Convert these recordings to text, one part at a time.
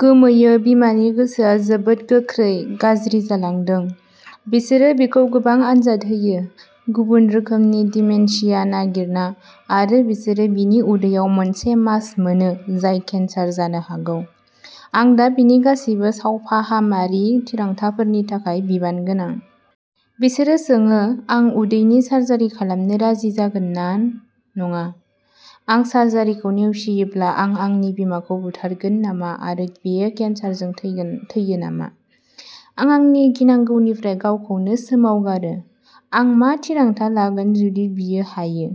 गोमोयो बिमानि गोसोआ जोबोद गोख्रै गाज्रि जालांदों। बिसोरो बिखौ गोबां आनजाद होयो। गुबुन रोखोमनि डिमेनशिया नागिरना आरो बिसोर बिनि उदैआव मोनसे मास मोनो जाय केन्सार जानो हागौ। आं दा बिनि गासैबो सावफाहामारि थिरांथाफोरनि थाखाय बिबानगोनां। बिसोरो सोङो आं उदैनि सार्जारि खालामनो राजि जागोन ना नङा। आं सार्जारिखौ नेवसियोब्ला आं आंनि बिमाखौ बुथारगोन नामा आरो बियो केन्सारजों थैगोन थैयो नामा, आं आंनि गिनांगौनिफ्राय गावखौनो सोमावगारो। आं मा थिरांथा लागोन जुदि बियो हायो।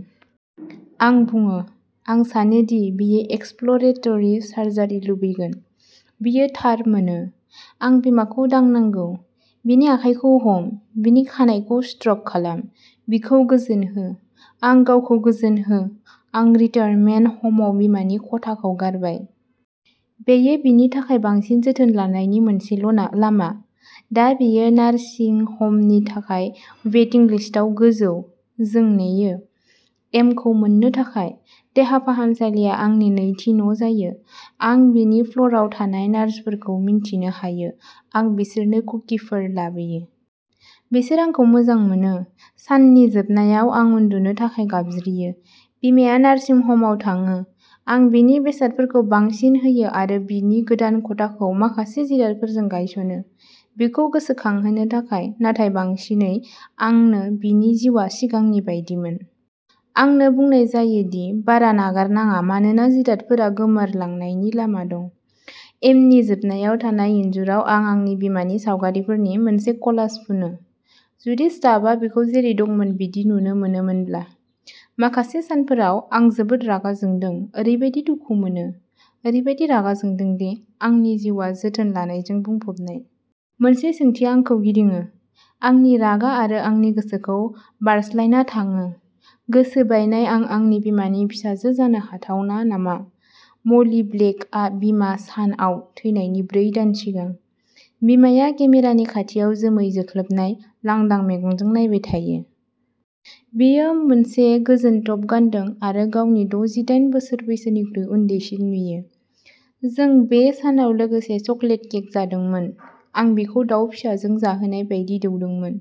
आं बुङो, आं सानो दि बियो एक्सप्ल'रेटरि सार्जारि लुबैगोन। बेयो थार मोनो, आं बिमाखौ दांनांगौ। बिनि आखायखौ हम, बिनि खानाइखौ स्ट्रक खालाम, बिखौ गोजोन हो। आं गावखौ गोजोन हो। आं रिटायारमेन्ट ह'मआव बिमानि खथाखौ गारबाय। बेयो बिनि थाखाय बांसिन जोथोन लानायनि मोनसेल'लामा। दा बियो नार्सिं ह'मनि थाखाय वेटिं लिस्टआव गोजौ। जों नेयो। एमखौ मोननो थाखाय। देहा फाहामसालिया आंनि नैथि न'जायो। आं बिनि फ्ल'रआव थानाय नार्सफोरखौ मिन्थिनो हायो। आं बिसोरनो कुकिफोर लाबोयो। बिसोर आंखौ मोजां मोनो। साननि जोबनायाव, आं उन्दुनो थाखाय गाबज्रियो। बिमाया नार्सिं ह'मआव थाङो। आं बिनि बेसादफोरखौ बांसिन होयो आरो बिनि गोदान खथाखौ माखासे जिरादफोरजों गायसनो, बिखौ गोसोखांहोनो थाखाय नाथाय बांसिनै आंनो बिनि जिउआ सिगांनि बायदिमोन। आंनो बुंनाय जायो दि बारा नागारनाङा मानोना जिरादफोरा गोमोरनायनि लामा दं। एमनि जोबनायाव थानाय इनजुराव आं आंनि बिमानि सावगारिफोरनि मोनसे क'लाज फुनो। जुदि स्टाफआ बिखौ जेरै दंमोन बिदि नुनो मोनोमोनब्ला। माखासे सानफोराव, आं जोबोद रागा जोंदों, ओरैबादि दुखु मोनो, ओरैबादि रागा जोंदों दि आंनि जिउआ जोथोन लानायजों बुंफबनाय। मोनसे सोंथिया आंखौ गिदिङो, आंनि रागा आरो आंनि गोसोखौ बारस्लायना थाङो। गोसो बायनाय आं आंनि बिमानि फिसाजो जानो हाथावना नामा, म'ली ब्लेकआ बिमा सान आव थैनायनि ब्रै दान सिगां। बिमाया केमेरानि खाथियाव जोमै जोंख्लाबनाय, लांदां मेगनजों नायबाय थायो। बियो मोनसे गोजोन टप गानदों आरो गावनि द'जिदाइन बोसोर बैसोनिख्रुइ उन्दैसिन नुयो। जों बे सानाव लोगोसे चकलेट केक जादोंमोन, आं बिखौ दाउ फिसाजों जाहोनाय बायदि दौदोंमोन,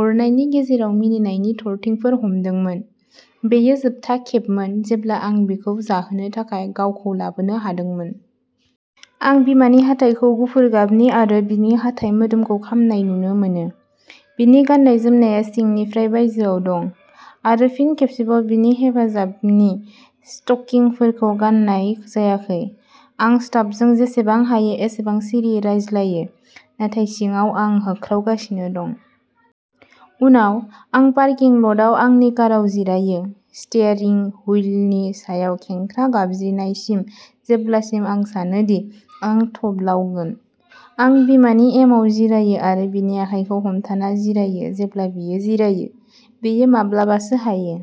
अरनायनि गेजेराव मिनिनायनि थरथिंफोर हमदोंमोन। बेयो जोबथा खेबमोन जेब्ला आं बिखौ जाहोनो थाखाय गावखौ लाबोनो हादोंमोन। आं बिमानि हाथाइखौ गुफुर गाबनि आरो बिनि हाथाइ मोदोमखौ खामनाय नुनो मोनो। बिनि गाननाय जोमनाया सिंनिफ्राय बायजोआव दं। आरो फिन खेबसेबाव बिनि हेफाजाबनि स्टकिंफोरखौ गाननाय जायाखै। आं स्टाफजों जेसेबां हायो एसेबां सिरियै रायज्लायो, नाथाय सिङाव आं हांख्रावगासिनो दं। उनाव, आं पार्किं ल'टआव आंनि काराव जिरायो, स्टीयारिंग हुइलनि सायाव खेंख्रा, गाबज्रिनायसिम जेब्लासिम आं सानो दि आं थब्लावगोन। आं बिमानि एमायाव जिरायो आरो बिनि आखायखौ हमथाना जिरायो जेब्ला बियो जिरायो। बियो माब्लाबासो हायो।